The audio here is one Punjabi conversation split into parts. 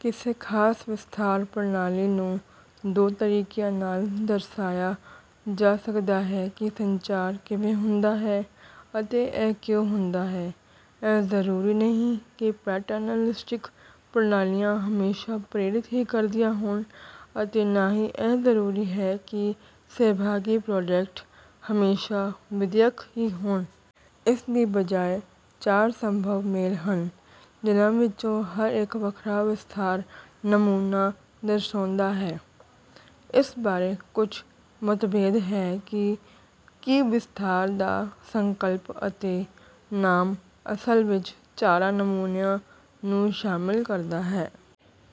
ਕਿਸੇ ਖਾਸ ਵਿਸਥਾਰ ਪ੍ਰਣਾਲੀ ਨੂੰ ਦੋ ਤਰੀਕਿਆਂ ਨਾਲ ਦਰਸਾਇਆ ਜਾ ਸਕਦਾ ਹੈ ਕਿ ਸੰਚਾਰ ਕਿਵੇਂ ਹੁੰਦਾ ਹੈ ਅਤੇ ਇਹ ਕਿਉਂ ਹੁੰਦਾ ਹੈ। ਇਹ ਜ਼ਰੂਰੀ ਨਹੀਂ ਕਿ ਪੈਟਰਨਲਿਸਟਿਕ ਪ੍ਰਣਾਲੀਆਂ ਹਮੇਸ਼ਾ ਪ੍ਰੇਰਿਤ ਹੀ ਕਰਦੀਆਂ ਹੋਣ ਅਤੇ ਨਾ ਹੀ ਇਹ ਜ਼ਰੂਰੀ ਹੈ ਕਿ ਸਹਿਭਾਗੀ ਪ੍ਰੋਜੈਕਟ ਹਮੇਸ਼ਾ ਵਿਦਿਅਕ ਹੀ ਹੋਣ। ਇਸ ਦੀ ਬਜਾਏ ਚਾਰ ਸੰਭਵ ਮੇਲ ਹਨ ਜਿਨ੍ਹਾਂ ਵਿੱਚੋਂ ਹਰ ਇੱਕ ਵੱਖਰਾ ਵਿਸਥਾਰ ਨਮੂਨਾ ਦਰਸ਼ਾਉਂਦਾ ਹੈ। ਇਸ ਬਾਰੇ ਕੁਝ ਮਤਭੇਦ ਹੈ ਕਿ ਕੀ ਵਿਸਥਾਰ ਦਾ ਸੰਕਲਪ ਅਤੇ ਨਾਮ ਅਸਲ ਵਿੱਚ ਚਾਰਾਂ ਨਮੂਨਿਆਂ ਨੂੰ ਸ਼ਾਮਲ ਕਰਦਾ ਹੈ।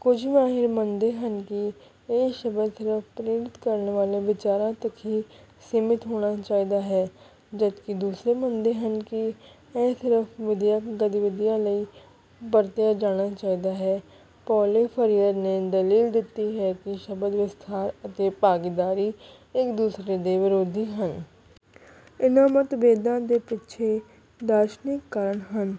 ਕੁਝ ਮਾਹਿਰ ਮੰਨਦੇ ਹਨ ਕਿ ਇਹ ਸ਼ਬਦ ਸਿਰਫ ਪ੍ਰੇਰਿਤ ਕਰਨ ਵਾਲੇ ਵਿਚਾਰਾਂ ਤੱਕ ਹੀ ਸੀਮਿਤ ਹੋਣਾ ਚਾਹੀਦਾ ਹੈ ਜਦਕਿ ਦੂਸਰੇ ਮੰਨਦੇ ਹਨ ਕਿ ਇਹ ਸਿਰਫ ਵਿਦਿਅਕ ਗਤੀਵਿਧੀਆਂ ਲਈ ਵਰਤਿਆ ਜਾਣਾ ਚਾਹੀਦਾ ਹੈ। ਪਾਓਲੇ ਫਰੀਅਰ ਨੇ ਦਲੀਲ ਦਿੱਤੀ ਹੈ ਕਿ ਸ਼ਬਦ ਵਿਸਥਾਰ ਅਤੇ ਭਾਗੀਦਾਰੀ ਇੱਕ ਦੂਸਰੇ ਦੇ ਵਿਰੋਧੀ ਹਨ। ਇਨ੍ਹਾਂ ਮਤਭੇਦਾਂ ਦੇ ਪਿੱਛੇ ਦਾਰਸ਼ਨਿਕ ਕਾਰਨ ਹਨ।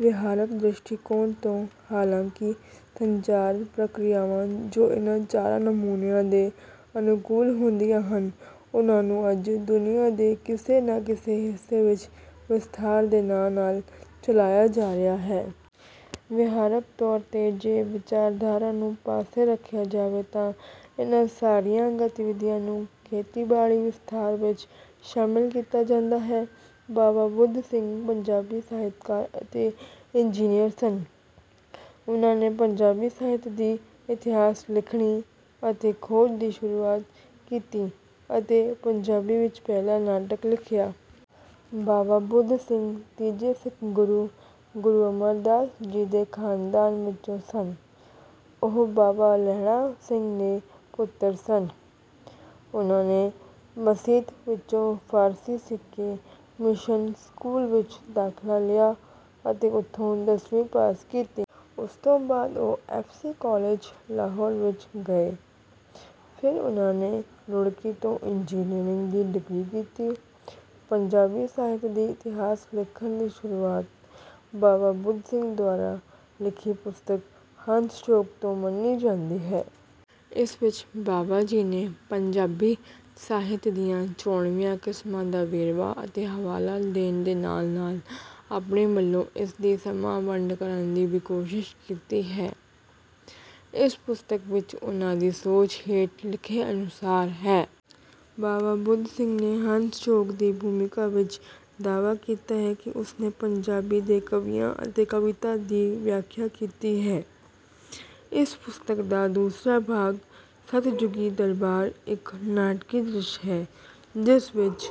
ਵਿਹਾਰਕ ਦ੍ਰਿਸ਼ਟੀਕੋਣ ਤੋਂ ਹਾਲਾਂਕਿ ਸੰਚਾਰ ਪ੍ਰਕਿਰਿਆਵਾਂ ਜੋ ਇਨ੍ਹਾਂ ਚਾਰਾਂ ਨਮੂਨਿਆਂ ਦੇ ਅਨੁਕੂਲ ਹੁੰਦੀਆਂ ਹਨ ਉਨ੍ਹਾਂ ਨੂੰ ਅੱਜ ਦੁਨੀਆ ਦੇ ਕਿਸੇ ਨਾ ਕਿਸੇ ਹਿੱਸੇ ਵਿੱਚ ਵਿਸਥਾਰ ਦੇ ਨਾਂ ਨਾਲ ਚਲਾਇਆ ਜਾ ਰਿਹਾ ਹੈ। ਵਿਹਾਰਕ ਤੌਰ ਤੇ ਜੇ ਵਿਚਾਰਧਾਰਾ ਨੂੰ ਪਾਸੇ ਰੱਖਿਆ ਜਾਵੇ ਤਾਂ ਇਨ੍ਹਾਂ ਸਾਰੀਆਂ ਗਤੀਵਿਧੀਆਂ ਨੂੰ ਖੇਤੀਬਾੜੀ ਵਿਸਥਾਰ ਵਿੱਚ ਸ਼ਾਮਲ ਕੀਤਾ ਜਾਂਦਾ ਹੈ। ਬਾਵਾ ਬੁੱਧ ਸਿੰਘ ਪੰਜਾਬੀ ਸਾਹਿਤਕਾਰ ਅਤੇ ਇੰਜਨੀਅਰ ਸਨ। ਉਨ੍ਹਾਂ ਨੇ ਪੰਜਾਬੀ ਸਾਹਿਤ ਦੀ ਇਤਿਹਾਸ ਲਿਖਣੀ ਅਤੇ ਖੋਜ ਦੀ ਸ਼ੁਰੂਆਤ ਕੀਤੀ ਅਤੇ ਪੰਜਾਬੀ ਵਿੱਚ ਪਹਿਲਾ ਨਾਟਕ ਲਿਖਿਆ। ਬਾਵਾ ਬੁੱਧ ਸਿੰਘ ਤੀਜੇ ਸਿੱਖ ਗੁਰੂ ਗੁਰੂ ਅਮਰਦਾਸ ਜੀ ਦੇ ਖਾਨਦਾਨ ਵਿੱਚੋਂ ਸਨ। ਉਹ ਬਾਵਾ ਲਹਿਣਾ ਸਿੰਘ ਦੇ ਪੁੱਤਰ ਸਨ। ਉਨ੍ਹਾਂ ਨੇ ਮਸੀਤ ਵਿੱਚੋਂ ਫਾਰਸੀ ਸਿੱਖ ਕੇ ਮਿਸ਼ਨ ਸਕੂਲ ਵਿੱਚ ਦਾਖਲਾ ਲਿਆ ਅਤੇ ਉਥੋਂ ਦਸਵੀਂ ਪਾਸ ਕੀਤੀ। ਉਸ ਤੋਂ ਬਾਅਦ ਉਹ ਐਫ ਸੀ ਕਾਲਜ ਲਾਹੌਰ ਵਿੱਚ ਗਏ। ਫਿਰ ਉਨ੍ਹਾਂ ਨੇ ਰੁੜਕੀ ਤੋਂ ਇੰਜਨੀਅਰਿੰਗ ਦੀ ਡਿਗਰੀ ਕੀਤੀ। ਪੰਜਾਬੀ ਸਾਹਿਤ ਦੀ ਇਤਿਹਾਸ ਲਿਖਣ ਦੀ ਸ਼ੁਰੂਆਤ ਬਾਵਾ ਬੁੱਧ ਸਿੰਘ ਦੁਆਰਾ ਲਿਖੀ ਪੁਸਤਕ ਹੰਸ ਚੋਗ ਤੋਂ ਮੰਨੀ ਜਾਂਦੀ ਹੈ। ਇਸ ਵਿੱਚ ਬਾਵਾ ਜੀ ਨੇ ਪੰਜਾਬੀ ਸਾਹਿਤ ਦੀਆਂ ਚੋਣਵੀਆਂ ਕਿਸਮਾਂ ਦਾ ਵੇਰਵਾ ਅਤੇ ਹਵਾਲਾ ਦੇਣ ਦੇ ਨਾਲ ਨਾਲ ਆਪਣੇ ਵੱਲੋਂ ਇਸ ਦੀ ਸਮਾਂ ਵੰਡ ਕਰਨ ਦੀ ਵੀ ਕੋਸ਼ਿਸ਼ ਕੀਤੀ ਹੈ। ਇਸ ਪੁਸਤਕ ਵਿੱਚ ਉਨ੍ਹਾਂ ਦੀ ਸੋਚ ਹੇਠ ਲਿਖੇ ਅਨੁਸਾਰ ਹੈ। ਬਾਵਾ ਬੁੱਧ ਸਿੰਘ ਨੇ ਹੰਸ ਚੋਗ ਦੀ ਭੂਮਿਕਾ ਵਿੱਚ ਦਾਅਵਾ ਕੀਤਾ ਹੈ ਕਿ ਉਸ ਨੇ ਪੰਜਾਬੀ ਦੇ ਕਵੀਆਂ ਅਤੇ ਕਵਿਤਾ ਦੀ ਵਿਆਖਿਆ ਕੀਤੀ ਹੈ। ਇਸ ਪੁਸਤਕ ਦਾ ਦੂਸਰਾ ਭਾਗ ਸਤਿਜੁਗੀ ਦਰਬਾਰ ਇੱਕ ਨਾਟਕੀ ਦ੍ਰਿਸ਼ ਹੈ ਜਿਸ ਵਿੱਚ